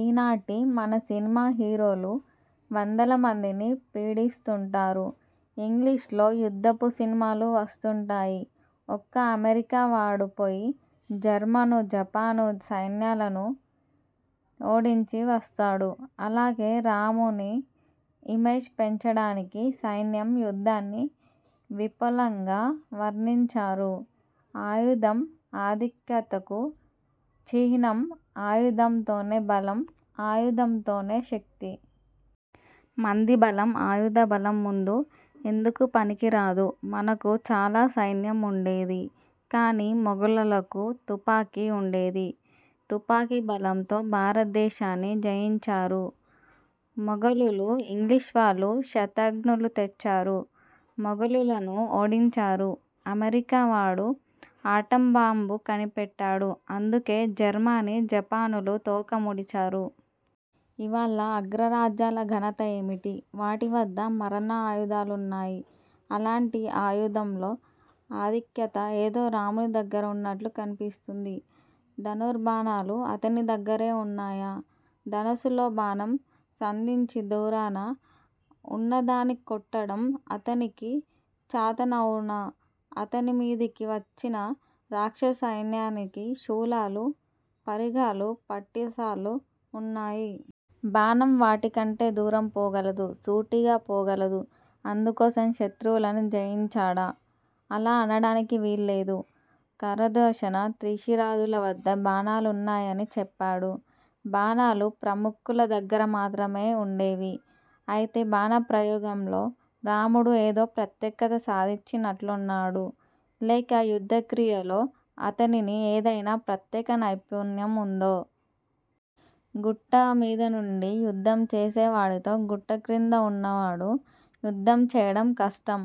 ఈనాటి మన సినిమా హీరోలు వందలమందిని పీడిస్తుంటారు. ఇంగ్లీషులో యుద్ధపు సినిమాలు వస్తుంటాయి. ఒక్క అమెరికా వాడు పోయి జర్మను జపాను సైన్యాలను ఓడించి వస్తాడు. అలాగే రాముని ఇమేజ్ పెంచడానికి సైన్యాన్ని యుద్ధాన్ని విపులంగా వర్ణించారు. ఆయుధం ఆధిక్యతకు చిహ్నం. ఆయుధంతోనే బలం. ఆయుధంతోనే శక్తి. మంది బలం ఆయుధ బలం ముందు ఎందుకూ పనికిరాదు. మనకు చాల సైన్యం ఉండేది. కాని మొగలులకు తుపాకి ఉండేది. తుపాకి బలంతో భారతదేశాన్ని జయించారు మొగలులు. ఇంగ్లీషువాళ్ళు శతఘ్నులు తెచ్చారు. మొగలులను ఓడించారు. అమెరికా వాడు ఆటంబాంబు కనిపెట్టాడు. అందుకే జర్మనీ, జపానులు తోక ముడిచారు. ఇవ్వాళ అగ్రరాజ్యాల ఘనత ఏమిటి? వాటివద్ద మారణాయుధాలున్నాయి. అలాంటి ఆయుధంలో ఆధిక్యత ఏదో రాముని దగ్గర ఉన్నట్లు కనిపిస్తుంది. ధనుర్బాణాలు అతని దగ్గరే ఉన్నాయా? ధనస్సులో బాణం సంధించి దూరాన ఉన్నదాన్ని కొట్టడం అతనికే చాతనవునా? అతని మీదికి వచ్చిన రాక్షస సైన్యానికి శూలాలు, పరిఘలు, పట్టసాలు ఉన్నాయి. బాణం వాటి కంటే దూరం పోగలదు. సూటిగా పోగలదు. అందుకోసం శత్రువులను జయించాడా? అలా అనడానికి వీల్లేదు. ఖరదూషణ త్రిశిరాదుల వద్ద బాణాలున్నాయని చెప్పాడు. బాణాలు ప్రముఖుల దగ్గర మాత్రమే ఉండేవి. అయితే బాణ ప్రయోగంలో రాముడు ఏదో ప్రత్యేకత సాధించినట్లున్నాడు. లేక యుద్ధ క్రియలో అతనిని ఏదయినా ప్రత్యేక నైపుణ్యం ఉందో? గుట్టమీద నుండి యుద్ధం చేసేవాడితో గుట్ట క్రింద వున్నవాడు యుద్ధం చేయడం కష్టం.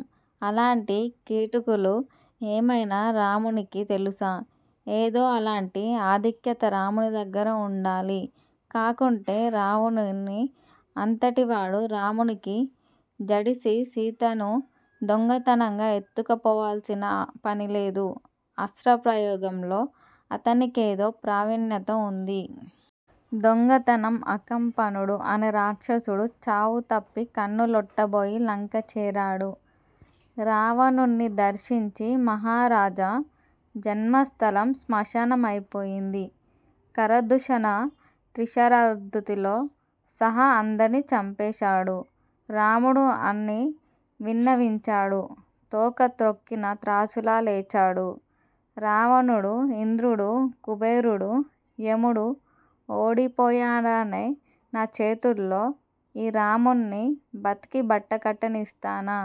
అలాంటి కిటుకులు ఏమైనా రామునికి తెలుసా? ఏదో అలాంటి ఆధిక్యత రాముని దగ్గర ఉండాలి. కాకుంటే రావణుని అంతటివాడు రామునికి జడిసి సీతను దొంగతనంగా ఎత్తుకుపోవాల్సిన పనిలేదు. అస్త్ర ప్రయోగంలో అతనికేదో ప్రావీణ్యత ఉంది. దొంగతనం: అకంపనుడు, అనే రాక్షసుడు చావుతప్పి కన్ను లొట్టబోయి లంక చేరాడు. రావణుణ్ణి దర్శించి మహారాజా! జన్మస్థానం శ్మశానం అయిపోయింది. ఖరదూషణ త్రిశిరాదుల్తో సహా అందర్నీ చంపేశాడు రాముడు అని విన్నవించాడు. తోక తొక్కిన త్రాచులా లేచాడు రావణుడు. ఇంద్రుడు, కుబేరుడూ, యముడూ ఓడిపోయారే నా చేతుల్లో, ఈ రాముణ్ణి బతికి బట్టకట్టనిస్తానా?